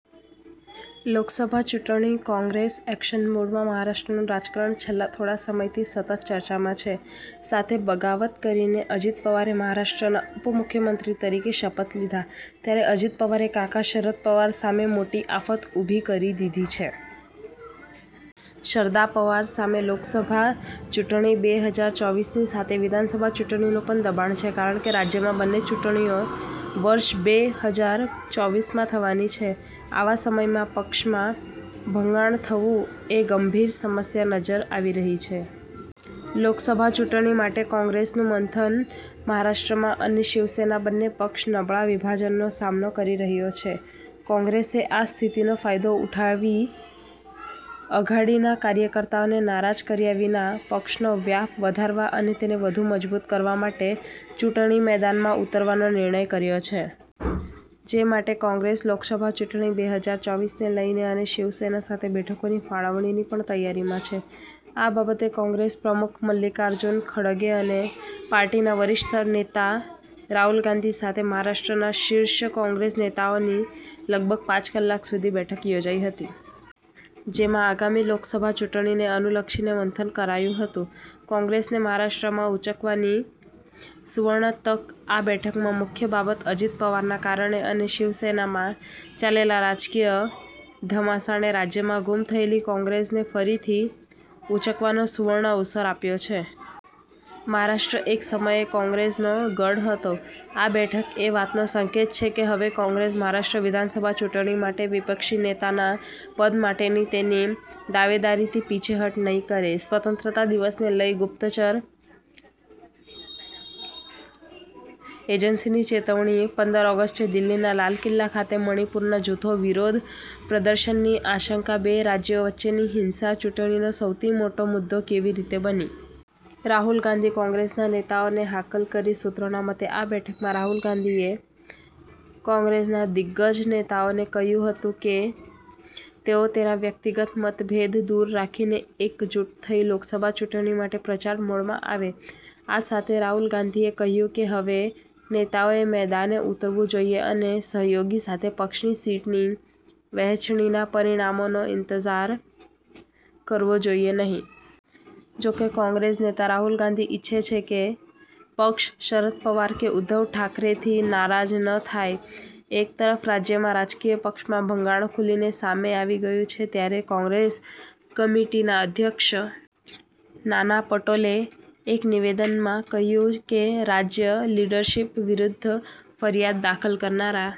લોકસભા ચૂંટણી કોંગ્રેસ એક્શન મૂડમાં મહારાષ્ટ્રનું રાજકારણ છેલ્લા થોડા સમયથી સતત ચર્ચામાં છે. સાથે બગાવત કરીને અજિત પવારે મહારાષ્ટ્રના ઉપમુખ્યમંત્રી તરીકે શપલ લીધા. ત્યારે અજીત પવારે કાકા શરદ પવાર સામે મોટી આફત ઉભી કરી દીધી છે. શરદા પવાર સામે લોકસભા ચૂંટણી બે હજાર ચોવીસ ની સાથે વિધાનસભા ચૂંટણીનું પણ દબાણ છે, કારણ કે રાજ્યમાં બંને ચૂંટણીઓ વર્ષબે હજાર ચોવીસ માં થવાની છે. આવા સમયમાં પક્ષમાં ભંગાણ થવું એ ગંભીર સમસ્યા નજર આવી રહી છે. લોકસભા ચૂંટણી માટે કોંગ્રેસનું મંથન મહારાષ્ટ્રમાં અને શિવસેના બંને પક્ષ નબળા વિભાજનનો સામનો કરી રહ્યો છે. કોંગ્રેસે આ સ્થિતિનો ફાયદો ઉઠાવી અઘાડી ના કાર્યકર્તાઓને નારાજ કર્યા વિના પક્ષનો વ્યાપ વધારવા અને તેને વધુ મજબૂત કરવા માટે ચૂંટણી મેદાનમાં ઉતરવાનો નિર્ણય કર્યો છે. જે માટે કોંગ્રેસ લોકસભા ચૂંટણી બે હજાર ચોવીસ ને લઇને અને શિવસેના સાથે બેઠકોની ફાળવણીની પણ તૈયારીમાં છે. આ બાબતે કોંગ્રેસ પ્રમુખ મલ્લિકાઅર્જુન ખડગે અને પાર્ટીના વરિષ્ઠ નેતા રાહુલ ગાંધી સાથે મહારાષ્ટ્રના શીર્ષ કોંગ્રેસ નેતાઓની લગભગ પાંચ કલાક સુધી બેઠક યોજાઇ હતી. જેમાં આગામી લોકસભા ચૂંટણીને અનુલક્ષીને મંથન કરાયું હતું. કોંગ્રેસને મહારાષ્ટ્રમાં ઉંચકવાની 'સુવર્ણ' તક આ બેઠકમાં મુખ્ય બાબત અજીત પવારના કારણે અને શિવસેનામાં ચાલેલા રાજકીય ધમાસાણે રાજ્યમાં ગુમ થયેલી કોંગ્રેસને ફરીથી ઉંચકવાનો 'સુવર્ણ' અવસર આપ્યો છે. મહારાષ્ટ્ર એક સમયે કોંગ્રેસનો ગઢ હતો. આ બેઠક એ વાતનો સંકેત છે કે હવે કોંગ્રેસ મહારાષ્ટ્ર વિધાનસભા ચૂંટણી માટે વિપક્ષી નેતા ના પદ માટેની તેની દાવેદારીથી પીછેહઠ નહીં કરે.. સ્વતંત્રતા દિવસને લઇ ગુપ્ચતર એજન્સીની ચેતવણી પંદર ઓગસ્ટે દિલ્હીના લાલ કિલ્લા ખાતે મણિપુરના જૂથો વિરોધ પ્રદર્શનની આશંકા બે રાજ્યો વચ્ચેની હિંસા ચૂંટણીનો સૌથી મોટો મુદ્દો કેવી રીતે બની? રાહુલ ગાંધી કોંગ્રેસના નેતાઓને હાંકલ કરી સૂત્રોના મતે, આ બેઠકમાં રાહુલ ગાંઘીએ કોંગ્રેસના દિગ્ગજ નેતાઓને કહ્યું હતું કે તેઓ તેના વ્યક્તિગત મતભેદ દૂર રાખીને એકજૂટ થઇ લોકસભા ચૂંટણી માટે પ્રચાર મૂડમાં આવે. આ સાથે રાહુલ ગાંધીએ કહ્યું કે હવે નેતાઓએ મેદાને ઉતરવું જોઇએ અને સહયોગી સાથે પક્ષની સીટની વહેચણીના પરિણામોનો ઇંતજાર કરવો જોઇએ નહીં. જો કે, કોંગ્રેસ નેતા રાહુલ ગાંધી ઇચ્છે છે કે પક્ષ શરદ પવાર કે ઉદ્ધવ ઠાકરેથી નારાજ ન થાય. એક તરફ રાજ્યમાં રાજકીય પક્ષમાં ભંગાણ ખુલીને સામે આવી ગયું છે. ત્યારે કોંગ્રેસ કમિટિના અધ્યક્ષ નાના પટોલે એક નિવેદનમાં કહ્યું કે, રાજ્ય લીડરશીપ વિરૂદ્ધ ફરિયાદ દાખલ કરનારા